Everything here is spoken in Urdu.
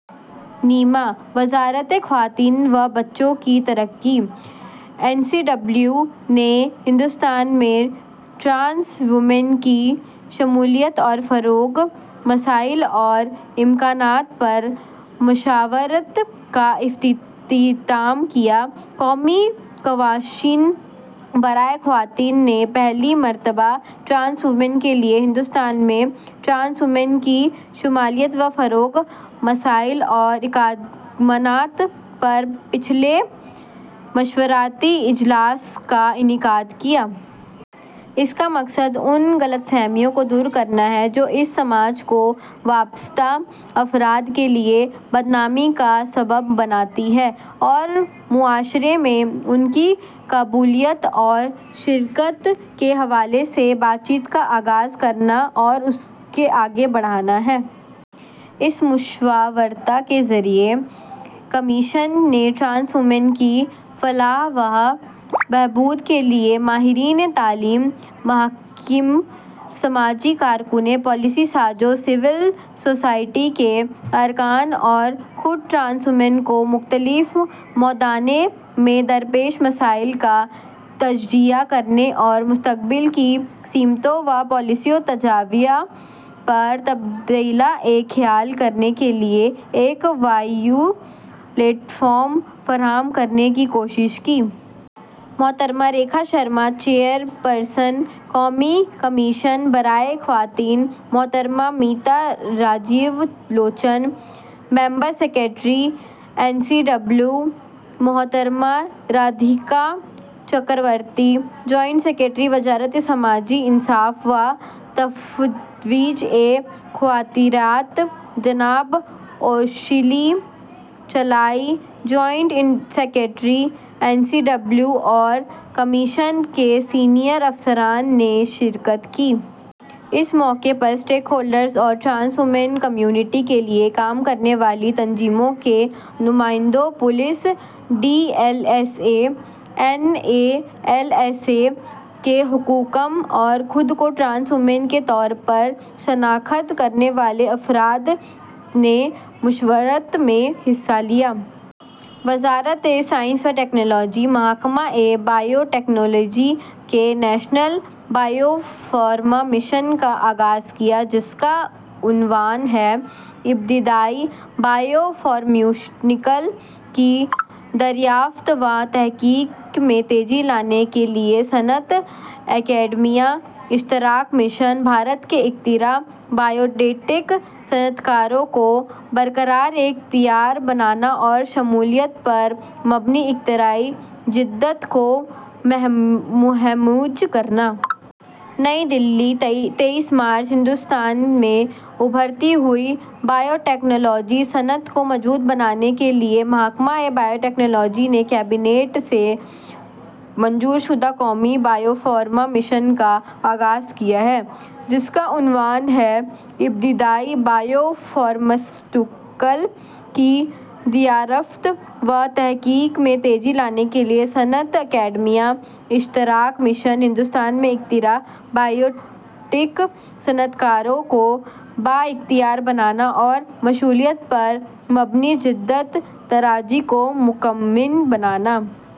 نیما۔ خواتین اور بچوں کی ترقیات کی وزارت۔ این سی ڈبلیو نے ہندوستان میں ٹرانس ویمن شمولیت اور فروغ: مسائل اور امکانات پر مشاورت کا اہتمام کیا۔ قومی کمیشن برائے خواتین نے پہلی بار ٹرانس ویمن کے لیے ہندوستان میں ٹرانس ویمن شمولیت و فروغ: مسائل اور امکانات پر پہلے مشاورتی اجلاس کا انعقاد کیا۔ اس کا مقصد ان غلط فہمیوں کو دور کرنا ہے جو اس سماج سے وابستہ افراد کے لیے بدنامی کا باعث بنتی ہیں اور معاشرے میں ان کی قبولیت اور شرکت کے حوالے سے بات چیت کا آغاز کرنا اور اسے آگے بڑھانا ہے۔ اس مشاورت کے ذریعے، کمیشن نے ٹرانس ویمن کی فلاح و بہبود کے لیے ماہرین تعلیم، محققین، سماجی کارکنوں، پالیسی سازوں، سول سوسائٹی کے اراکین اور خود ٹرانس ویمن کو مختلف میدانوں میں درپیش مسائل کا تجزیہ کرنے اور مستقبل کی سمتوں اور پالیسی تجاویز پر تبادلہ خیال کرنے کے لیے ایک وسیع پلیٹ فارم پیش کرنے کی کوشش کی۔ محترمہ ریکھا شرما، چیئرپرسن، قومی کمیشن برائے خواتین، محترمہ میتا راجیولوچن، رکن سکریٹری، این سی ڈبلیو، محترمہ رادھیکا چکرورتی، جوائنٹ سکریٹری، سماجی انصاف اور تفویض اختیارات کی وزارت، جناب اشولی چلائی، joint secretary, N C W اور کمیشن کے سینئر افسران نے شرکت کی۔ اس موقع پر اسٹیک ہولڈرز اور ٹرانس ویمن کمیونٹی کے لیے کام کرنے والی تنظیموں کے نمائندوں، police, D L S A, N A L S A کے حکام اور خود کو ٹرانس ویمن کے طور پر شناخت کرنے والے افراد نے مشاورت میں حصہ لیا۔ سائنس اور ٹیکنالوجی کی وزارت۔ محکمہ بائیو ٹیکنالوجی نے نیشنل بائیو فارما مشن کا آغاز کیا، جس کا عنوان ہے: ابتدائی بائیو فارما سیوٹیکل کی دریافت و تحقیق میں تیزی لانے کے لیے صنعت اکیڈمیا اشتراک مشن، بھارت میں اختراع، بایوٹیک صنعت کاروں کو بااختیار بنانا اور شمولیت پر مبنی جدت طرازی کو مہمیز کرنا۔ نئی دہلی، تئیس مارچ۔ بھارت میں ابھرتی ہوئی بائیوٹیکنالوجی صنعت کو مضبوط بنانے کے لیے محکمہ بائیو ٹیکنالوجی نے کابینہ سے منظور شدہ قومی بائیو فارما مشن کا آغاز کیا ہے، جس کا عنوان ہے: ابتدائی بائیو فارما سیوٹیکل کی دریافت و تحقیق میں تیزی لانے کے لیے صنعت اکیڈمیا اشتراک مشن، بھارت میں اختراع، بایوٹیک صنعت کاروں کو بااختیار بنانا اور شمولیت پر مبنی جدت طرازی کو مہمیز کرنا۔